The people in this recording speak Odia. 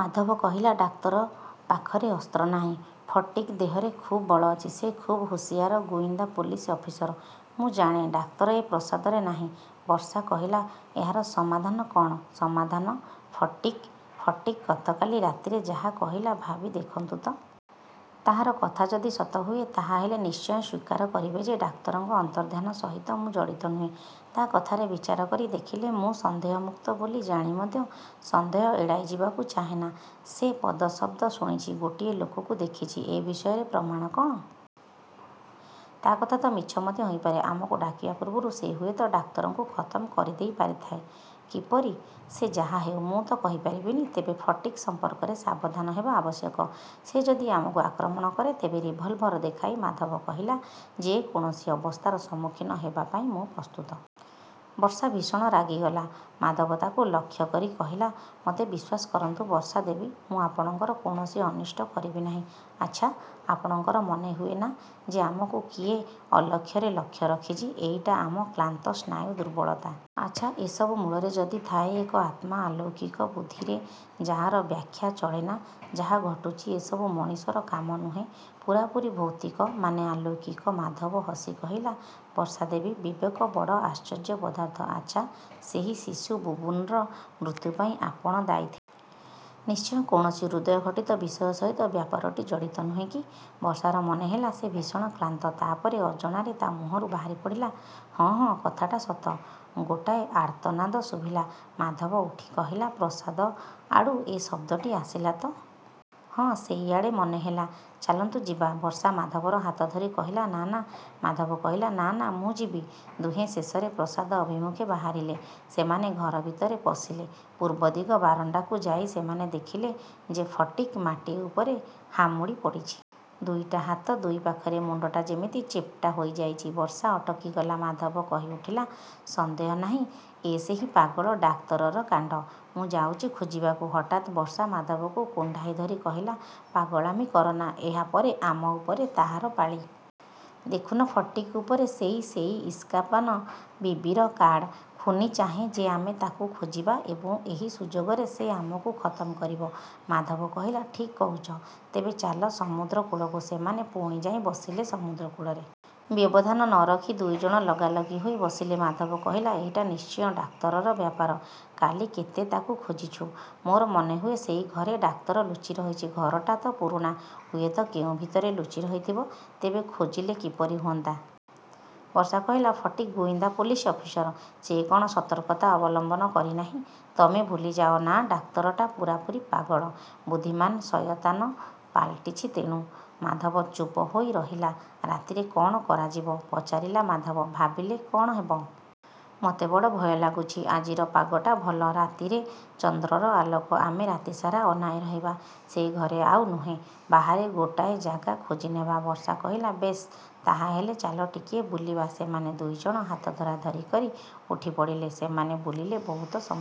ମାଧବ କହିଲା, ଡାକ୍ତର ପାଖରେ ଅସ୍ତ୍ର ନାହିଁ। ଫଟିକ୍ ଦେହରେ ଖୁବ୍ ବଳ ଅଛି। ସେ ଖୁବ୍ ହୁସିଆର ଗୁଇନ୍ଦା ପୋଲିସ ଅଫିସର। ମୁଁ ଜାଣେ, ଡାକ୍ତର ଏ ପ୍ରସାଦରେ ନାହିଁ। ବର୍ଷା କହିଲା, ଏହାର ସମାଧାନ କ'ଣ? ସମାଧାନ, ଫଟିକ୍? ଫଟିକ୍ ଗତକାଲି ରାତିରେ ଯାହା କହିଲା, ଭାବି ଦେଖନ୍ତୁ ତ! ତାହାର କଥା ଯଦି ସତ ହୁଏ, ତାହା ହେଲେ ନିଶ୍ଚୟ ସ୍ଵୀକାର କରିବେ ଯେ, ଡାକ୍ତରଙ୍କ ଅନ୍ତର୍ଦ୍ଧାନ ସହିତ ମୁଁ ଜଡ଼ିତ ନୁହେଁ। ତା କଥାରେ ବିଚାର କରି ଦେଖିଲେ ମୁଁ ସନ୍ଦେହମୁକ୍ତ ବୋଲି ଜାଣି ମଧ୍ୟ ସନ୍ଦେହ ଏଡ଼ାଇଯିବାକୁ ଚାହେଁନା। ସେ ପଦଶବ୍ଦ ଶୁଣିଛି, ଗୋଟିଏ ଲୋକକୁ ଦେଖିଛି, ଏ ବିଷୟରେ ପ୍ରମାଣ କ'ଣ? ତା କଥା ତ ମିଛ ମଧ୍ୟ ହୋଇପାରେ। ଆମକୁ ଡାକିବା ପୂର୍ବରୁ ସେ ହୁଏତ ଡାକ୍ତରଙ୍କୁ ଖତମ କରିଦେଇପାରିଥାଏ। କିପରି? ସେ ଯାହାହେଉ, ମୁଁ ତ କହିପାରିବିନି। ତେବେ ଫଟିକ୍ ସମ୍ପର୍କରେ ସାବଧାନ ହେବା ଆବଶ୍ୟକ। ସେ ଯଦି ଆମକୁ ଆକ୍ରମଣ କରେ, ତେବେ ରିଭଲଭର ଦେଖାଇ ମାଧବ କହିଲା, ଯେ କୌଣସି ଅବସ୍ଥାର ସମ୍ମୁଖୀନ ହେବା ପାଇଁ ମୁଁ ପ୍ରସ୍ତୁତ। ବର୍ଷା ଭୀଷଣ ରାଗିଗଲା। ମାଧବ ତାକୁ ଲକ୍ଷ୍ୟ କରି କହିଲା, ମୋତେ ବିଶ୍ଵାସ କରନ୍ତୁ, ବର୍ଷା ଦେବୀ! ମୁଁ ଆପଣଙ୍କର କୌଣସି ଅନିଷ୍ଟ କରିବି ନାହିଁ। ଆଚ୍ଛା, ଆପଣଙ୍କର ମନେହୁଏ ନା ଯେ ଆମକୁ କିଏ ଅଲକ୍ଷରେ ଲକ୍ଷ୍ୟ ରଖିଛି? ଏଇଟା ଆମ କ୍ଳାନ୍ତ ସ୍ନାୟୁ ଦୁର୍ବଳତା। ଆଚ୍ଛା, ଏସବୁ ମୂଳରେ ଯଦି ଥାଏ ଏକ ଆତ୍ମା ଆଲୌକିକ, ବୁଦ୍ଧିରେ ଯାହାର ବ୍ୟାଖ୍ୟା ଚଳେନା, ଯାହା ଘଟୁଛି ଏସବୁ ମଣିଷର କାମ ନୁହେଁ, ପୂରାପୂରି ଭୌତିକ, ମାନେ ଆଲୌକିକ ମାଧବ ହସି କହିଲା, ବର୍ଷା ଦେବୀ, ବିବେକ ବଡ଼ ଆଶ୍ଚର୍ଯ୍ୟ ପଦାର୍ଥ। ଆଚ୍ଛା, ସେହି ଶିଶୁ ବୁବୁନର ମୃତ୍ୟୁ ପାଇଁ ଆପଣ ଦାୟୀ ଥିଲେ। ନିଶ୍ଚୟ କୌଣସି ହୃଦୟଘଟିତ ବିଷୟ ସହିତ ବ୍ୟାପାରଟି ଜଡ଼ିତ। ନୁହେଁ କି? ବର୍ଷାର ମନେହେଲା ସେ ଭୀଷଣ କ୍ଳାନ୍ତ। ତା ପରେ ଅଜଣାରେ ତା ମୁହଁରୁ ବାହାରିପଡ଼ିଲା, ହଁ, ହଁ, କଥାଟା ସତ। ଗୋଟାଏ ଆର୍ତ୍ତନାଦ ଶୁଭିଲା। ମାଧବ ଉଠି କହିଲା, ପ୍ରାସାଦ ଆଡ଼ୁ ଏ ଶବ୍ଦଟି ଆସିଲା ତ? ହଁ, ସେଇଆଡ଼େ ମନେହେଲା। ଚାଲନ୍ତୁ ଯିବା। ବର୍ଷା ମାଧବର ହାତ ଧରି କହିଲା, ନା, ନା। ମାଧବ କହିଲା, ନା, ନା, ମୁଁ ଯିବି। ଦୁହେଁ ଶେଷରେ ପ୍ରସାଦ ଅଭିମୁଖେ ବାହାରିଲେ। ସେମାନେ ଘର ଭିତରେ ପଶିଲେ। ପୂର୍ବଦିଗ ବାରଣ୍ଡାକୁ ଯାଇ ସେମାନେ ଦେଖିଲେ ଯେ ଫଟିକ୍ ମାଟି ଉପରେ ହାମୁଡ଼ି ପଡ଼ିଛି। ଦୁଇଟା ହାତ ଦୁଇ ପାଖରେ। ମୁଣ୍ଡଟା ଯେମିତି ଚେପ୍ଟା ହୋଇଯାଇଛି। ବର୍ଷା ଅଟକିଗଲା। ମାଧବ କହିଉଠିଲା, ସନ୍ଦେହ ନାହିଁ ଏ ସେହି ପାଗଳ ଡାକ୍ତରର କାଣ୍ଡ। ମୁଁ ଯାଉଛି ଖୋଜିବାକୁ। ହଠାତ୍ ବର୍ଷା ମାଧବକୁ କୁଣ୍ଢାଇ ଧରି କହିଲା, ପାଗଳାମି କରନା। ଏହା ପରେ ଆମ ଉପରେ ତାହାର ପାଳି। ଦେଖୁନ ଫଟିକ୍ ଉପରେ ସେଇ ,ସେଇ ଇସ୍କାପାନ ବିବିର କାର୍ଡ଼। ଖୁନୀ ଚାହେଁ ଯେ ଆମେ ତାକୁ ଖୋଜିବା ଏବଂ ଏହି ସୁଯୋଗରେ ସେ ଆମକୁ ଖତମ କରିବ। ମାଧବ କହିଲା, ଠିକ୍ କହୁଛ। ତେବେ ଚାଲ ସମୁଦ୍ର କୂଳକୁ। ସେମାନେ ପୁଣି ଯାଇ ବସିଲେ ସମୁଦ୍ର କୂଳରେ। ବ୍ୟବଧାନ ନ ରଖି ଦୁଇ ଜଣ ଲଗାଲଗି ହୋଇ ବସିଲେ। ମାଧବ କହିଲା, ଏଇଟା ନିଶ୍ଚୟ ଡାକ୍ତରର ବ୍ୟାପାର। କାଲି କେତେ ତାକୁ ଖୋଜିଛୁ! ମୋର ମନେହୁଏ ସେଇ ଘରେ ଡାକ୍ତର ଲୁଚିରହିଛି। ଘରଟା ତ ପୁରୁଣା। ହୁଏତ କେଉଁ ଭିତରେ ଲୁଚି ରହିଥିବ। ତେବେ ଖୋଜିଲେ କିପରି ହୁଅନ୍ତା? ବର୍ଷା କହିଲା, ଫଟିକ୍ ଗୁଇନ୍ଦା ପୋଲିସ ଅଫିସର। ସେ କ'ଣ ସତର୍କତା ଅବଲମ୍ବନ କରିନାହିଁ! ତମେ ଭୁଲିଯାଅ ନା ଡାକ୍ତରଟା ପୂରାପୂରି ପାଗଳ। ବୁଦ୍ଧିମାନ ଶୟତାନ ପାଲଟିଛି ତେଣୁ। ମାଧବ ଚୁପ ହୋଇ ରହିଲା। ରାତିରେ କ'ଣ କରାଯିବ? ପଚାରିଲା ମାଧବ। ଭାବିଲେ କ'ଣ ହେବ! ମୋତେ ବଡ଼ ଭୟ ଲାଗୁଛି। ଆଜିର ପାଗଟା ଭଲ। ରାତିରେ ଚନ୍ଦ୍ରର ଆଲୋକ। ଆମେ ରାତିସାରା ଅନାଇ ରହିବା। ସେ ଘରେ ଆଉ ନୁହେଁ। ବାହାରେ ଗୋଟାଏ ଜାଗା ଖୋଜିନେବା। ବର୍ଷା କହିଲା, ବେଶ୍, ତାହା ହେଲେ ଚାଲ ଟିକିଏ ବୁଲିବା। ସେମାନେ ଦୁଇ ଜଣ ହାତ ଧରାଧରି କରି ଉଠିପଡ଼ିଲେ। ସେମାନେ ବୁଲିଲେ ବୋହୁତ ସମୟ।